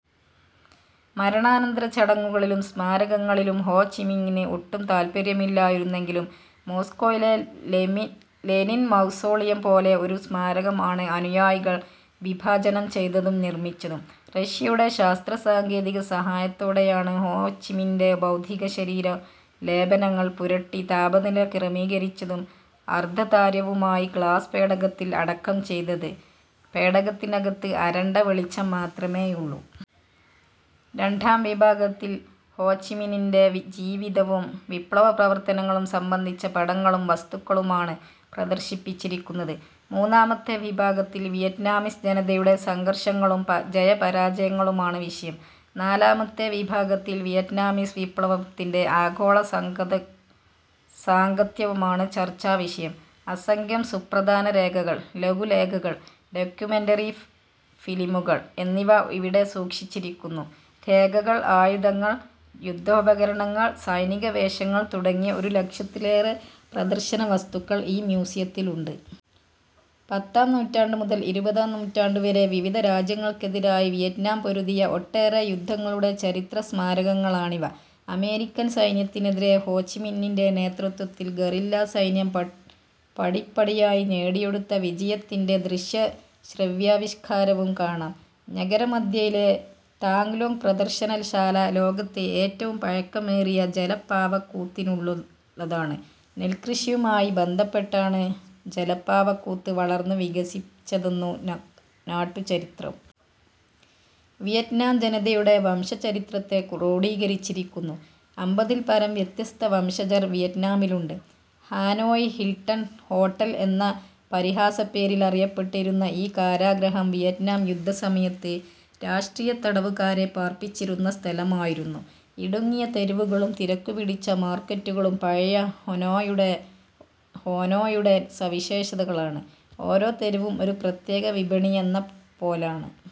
മരണാനന്തര ചടങ്ങുകളിലും സ്മാരകങ്ങളിലും ഹോ ചിമിന്നിന് ഒട്ടും താത്പര്യമില്ലായിരുന്നെങ്കിലും മോസ്കോയിലെ ലെനിൻ മൗസോളിയം പോലെ ഒരു സ്മാരകം ആണ് അനുയായികൾ വിഭാവനം ചെയ്തതും നിർമിച്ചതും. റഷ്യയുടെ ശാസ്ത്രസാങ്കേതിക സഹായത്തോടെയാണ് ഹോചിമിന്നിന്റെ ഭൗതികശരീരം ലേപനങ്ങൾ പുരട്ടി താപനില ക്രമീകരിച്ചതും അർധതാര്യവുമായ ഗ്ലാസ് പേടകത്തിൽ അടക്കം ചെയ്തത്. പേടകത്തിനകത്ത് അരണ്ട വെളിച്ചം മാത്രമേയുള്ളു. രണ്ടാം വിഭാഗത്തിൽ ഹോ ചിമിനിന്റെ ജിവിതവും വിപ്ലവപ്രവർത്തനങ്ങളും സംബന്ധിച്ച പടങ്ങളും വസ്തുക്കളുമാണ് പ്രദർശിപ്പിച്ചിരിക്കുന്നത്. മൂന്നാമത്തെ വിഭാഗത്തിൽ വിയറ്റ്നാമിസ് ജനതയുടെ സംഘർഷങ്ങളും ജയപരാജയങ്ങളുമാണ് വിഷയം. നാലാമത്തെ വിഭാഗത്തിൽ വിയറ്റ്നാമീസ് വിപ്ലവത്തിന്റെ ആഗോളസാംഗത്യമാണ് ചർച്ചാവിഷയം. അസംഖ്യം സുപ്രധാന രേഖകൾ, ലഘുലേഖകൾ, ഡോക്യുമെന്ററി ഫിലിമുകൾ എന്നിവ ഇവിടെ സൂക്ഷിച്ചിരിക്കുന്നു. രേഖകൾ, ആയുധങ്ങൾ, യുദ്ധോപകരണങ്ങൾ, സൈനികവേഷങ്ങൾ തുടങ്ങി ഒരു ലക്ഷത്തിലേറെ പ്രദർശനവസ്തുക്കൾ ഈ മ്യൂസിയത്തിലുണ്ട്. പത്താം നൂറ്റാണ്ടു മുതൽ ഇരുപതാം നൂറ്റാണ്ടുവരെ വിവിധ രാജ്യങ്ങൾക്കെതിരായി വിയറ്റ്നാം പൊരുതിയ ഒട്ടേറെ യുദ്ധങ്ങളുടെ ചരിത്രസ്മാരകങ്ങളാണിവ. അമേരിക്കൻ സൈന്യത്തിനെതിരെ ഹോചിമിന്നിന്റെ നേതൃത്വത്തിൽ ഗറില്ലാസൈന്യം പടിപ്പടിയായി നേടിയെടുത്ത വിജയത്തിന്റെ ദൃശ്യ-ശ്രവ്യാവിഷ്കാരവും കാണാം. നഗരമധ്യത്തിലെ താങ് ലോങ് പ്രദർശനശാല ലോകത്തെ ഏറ്റവും പഴക്കമേറിയ ജലപ്പാവക്കൂത്തിനുള്ളതാണ്. നെൽകൃഷിയുമായി ബന്ധപ്പെട്ടാണ് ജലപ്പാവക്കൂത്ത് വളർന്നു വികസിച്ചതെന്ന് നാട്ടു ചരിത്രം. വിയറ്റ്നാം ജനതയുടെ വംശചരിത്രത്തെ ക്രോഡീകരിച്ചിരിക്കുന്നു. അമ്പതിൽപരം വ്യത്യസ്ത വംശജർ വിയറ്റ്നാമിലുണ്ട്. ഹാനോയ് ഹിൽട്ടൺ ഹോട്ടൽ എന്ന പരിഹാസപ്പേരിലറിയപ്പെട്ടിരുന്ന ഈ കാരാഗ്രഹം വിയറ്റ്നാം യുദ്ധസമയത്ത് രാഷ്ട്രീയത്തടവുകാരെ പാർപ്പിച്ചിരുന്ന സ്ഥലമായിരുന്നു. ഇടുങ്ങിയ തെരുവുകളും തിരക്കുപിടിച്ച മാർക്കറ്റുകളും പഴയ ഹോനോയുടെ സവിശേഷതകളാണ്. ഓരോ തെരുവും ഒരു പ്രത്യേക വിപണിയെന്ന പോലാണ്.